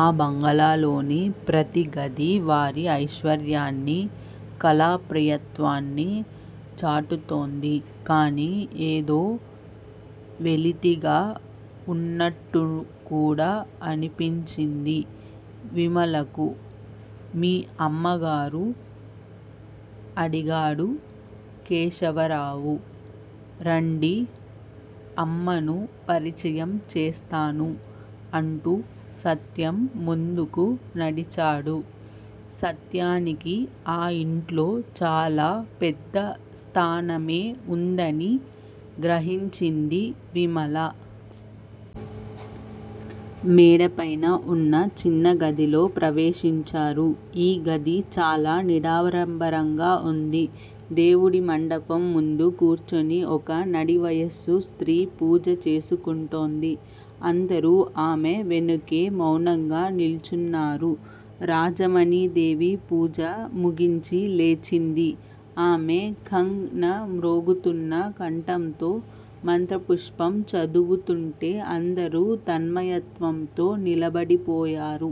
ఆ బంగళాలోని ప్రతీ గదీ వారి ఐశ్వర్యాన్ని, కళాప్రియత్వాన్నీ చాటుతోంది. కాని ఏదో వెలితిగా వున్నట్టుకూడా అనిపించింది విమలకు. మీ అమ్మగారు? అడిగాడు కేశవరావు. రండి అమ్మను పరిచయం చేస్తాను అంటూ సత్యం ముందుకు నడిచాడు. సత్యానికి ఆ ఇంట్లో చాలా పెద్ద స్థానమే ఉందని గ్రహించింది విమల. మేడపైన ఉన్న చిన్నగదిలో ప్రవేశించారు. ఈ గది చాలా నిరాడంబరంగా ఉంది. దేవుడి మండపం ముందు కూర్చొని ఓ నడివయస్సు స్త్రీ పూజ చేసుకుంటోంది. అందరూ ఆమె వెనకే మౌనంగా నిల్చున్నారు. రాజమణీదేవి పూజ ముగించి లేచింది. ఆమె ఖంగ్ న మ్రోగుతున్న కంఠంతో మంత్రపుష్పం చదువుతుంటే అందరూ తన్మయత్వంతో నిలబడిపోయారు.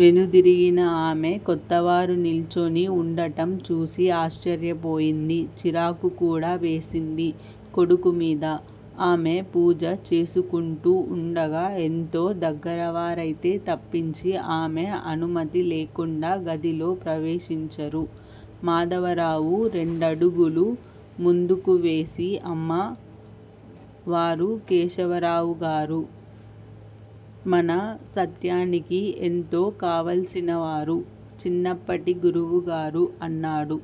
వెనుదిరిగిన ఆమె, కొత్తవారు నిల్చొని ఉండటంచూసి ఆశ్చర్యపోయింది. చిరాకుకూడా వేసింది కొడుకుమీద. ఆమె పూజ చేసుకుంటూ ఉండగా ఎంతో దగ్గరవారైతే తప్పించి ఆమె అనుమతి లేకుండా గదిలో ప్రవేశించరు. మాధవరావు రెండడుగులు ముందుకువేసి అమ్మా! వారు కేశవరావుగారు. మన సత్యానికి ఎంతో కావల్సినవారు. చిన్నప్పటి గురువుగారు అన్నాడు.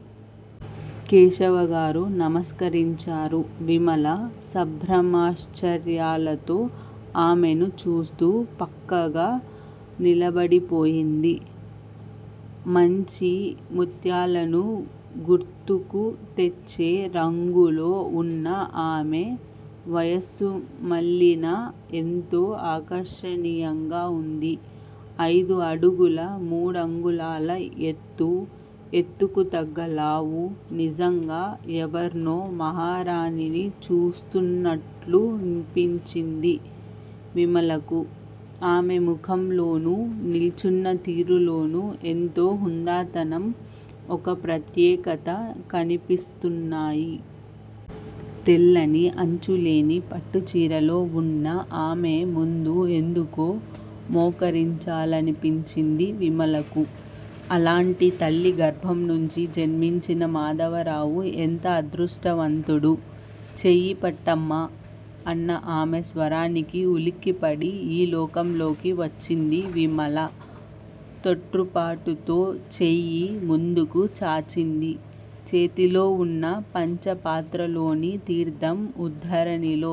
కేశవరావుగారు నమస్కరించారు. విమల సంభ్రమాశ్చర్యాలతో ఆమెనుచూస్తూ పక్కగా నిలబడిపోయింది. మంచి ముత్యాలను గుర్తుకుతెచ్చే రంగులో ఉన్న ఆమె, వయస్సుమళ్ళినా ఎంతో ఆకర్షణీయంగా ఉంది. ఐదు అడుగుల మూడంగుళాల ఎత్తు, ఎత్తుకుతగ్గ లావూ, నిజంగా ఎవర్నో మహారాణిని చూస్తున్నట్లనిపించింది విమలకు. ఆమె ముఖంలోనూ, నిల్చున్న తీరులోనూ ఎంతో హుందాతనం, ఒక ప్రత్యేకత కనిపిస్తున్నాయి. తెల్లని అంచులేని పట్టుచీరలో ఉన్న ఆమెముందు ఎందుకో మోకరించాలనిపించింది విమలకు. అలాంటి తల్లి గర్భంనుంచి జన్మించిన మాధవరావు ఎంత అదృష్టవంతుడు! చెయ్యి పట్టమ్మా! అన్న ఆమె స్వరానికి ఉలిక్కిపడి ఈ లోకంలోకి వచ్చింది విమల. తొట్రుపాటుతో చెయ్యి ముందుకు చాచింది. చేతిలోవున్న పంచపాత్రలోని తీర్ధం ఉద్డరణితో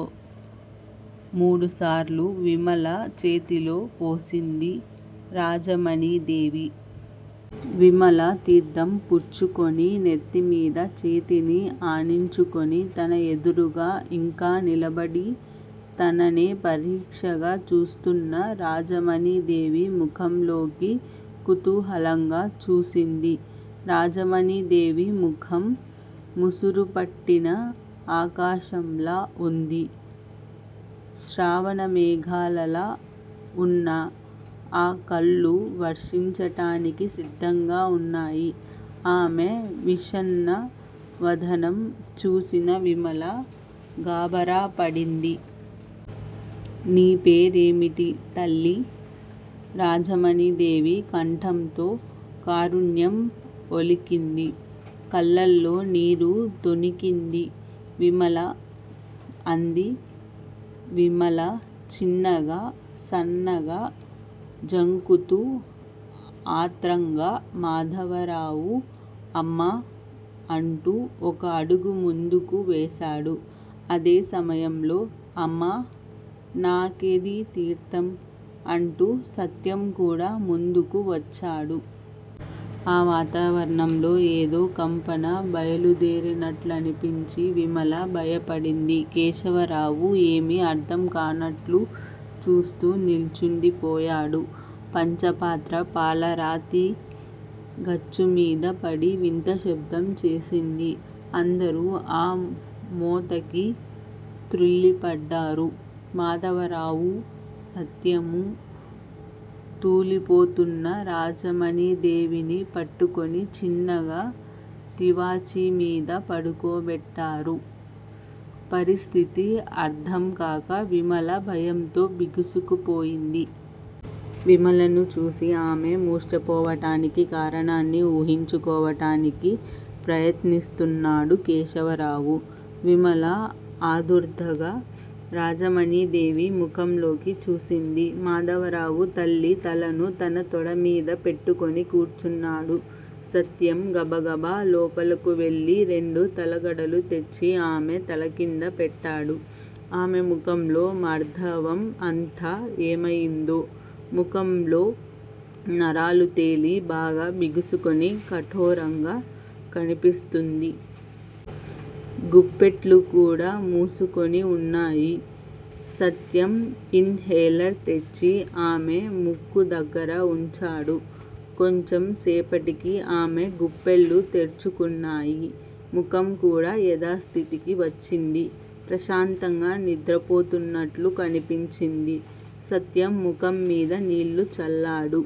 మూడుసార్లు విమల చేతిలో పోసింది రాజమణీదేవి. విమల తీర్ధం పుచ్చుకొని నెత్తిమీద చేతిని ఆనించుకొని తన ఎదురుగా ఇంకా నిలబడి తననే పరీక్షగా చూస్తున్న రాజమణీదేవి ముఖంలోకి కుతూహలంగా చూసింది. రాజమణీదేవి ముఖం ముసురుపట్టిన ఆకాశంలా ఉంది. శ్రావణమేఘాలలా ఉన్న ఆ కళ్ళు వర్షించటానికి సిద్ధంగా ఉన్నాయి. ఆమె విషణ్ణ వదనం చూసిన విమల గాబరాపడింది. నీ పేరేమిటి తల్లీ? రాజమణీదేవి కంఠంలో కారుణ్యం ఒలికింది, కళ్ళలో నీరు తొణికింది. విమల! అంది విమల చిన్నగా, సన్నగా, జంకుతూ. ఆత్రంగా మాధవరావు అమ్మా! అంటూ ఒక అడుగు ముందుకు వేశాడు. అదే సమయంలో అమ్మా! నాకేదీ తీర్ధం? అంటూ సత్యంకూడా ముందుకు వచ్చాడు. ఆ వాతావరణంలో ఏదో కంపన బయలుదేరినట్లనిపించి విమల భయపడింది. కేశవరావు ఏమీ అర్ధంకానట్లు చూస్తూ నిల్చుండిపోయాడు. పంచపాత్ర పాలరాతి గచ్చుమీద పడి వింతశబ్దం చేసింది. అందరూ ఆ మోతకి తృళ్ళిపడ్డారు. మాధవరావూ, సత్యమూ తూలిపోతున్న రాజమణీదేవిని పట్టుకొని చిన్నగా తివాచీమీద పడుకోబెట్టారు. పరిస్థితి అర్ధంకాక విమల భయంతో బిగుసుకొనిపోయింది. విమలను చూసి ఆమె మూర్ఛపోవటానికి కారణాన్ని ఊహించుకోవటానికి ప్రయత్నిస్తూన్నాడు కేశవరావు. విమల ఆదుర్దాగా రాజమణీదేవి ముఖంలోకి చూసింది. మాధవరావు తల్లి తలను తన తొడమీద పెట్టుకొని కూర్చున్నాడు. సత్యం గబగబా లోపలకువెళ్ళి రెండు తలగడలు తెచ్చి ఆమె తలకింద పెట్టాడు. ఆమె ముఖంలో మార్దవం అంతా ఏమయిందో- ముఖంలో నరాలు తేలి, బాగా బిగుసుకొని కఠోరంగా కనిపిస్తుంది. గుప్పెట్లుకూడా మూసుకొని ఉన్నాయి. సత్యం ఇన్ హేలర్ తెచ్చి ఆమె ముక్కుదగ్గర ఉంచాడు. కొంచెం సేపటికి ఆమె గుప్పెళ్ళు తెరుచుకున్నాయి ముఖంకూడా యధాస్థితికి వచ్చింది. ప్రశాంతంగా నిద్రపోతున్నట్లు కనిపించింది. సత్యం ముఖంమీద నీళ్ళు చల్లాడు.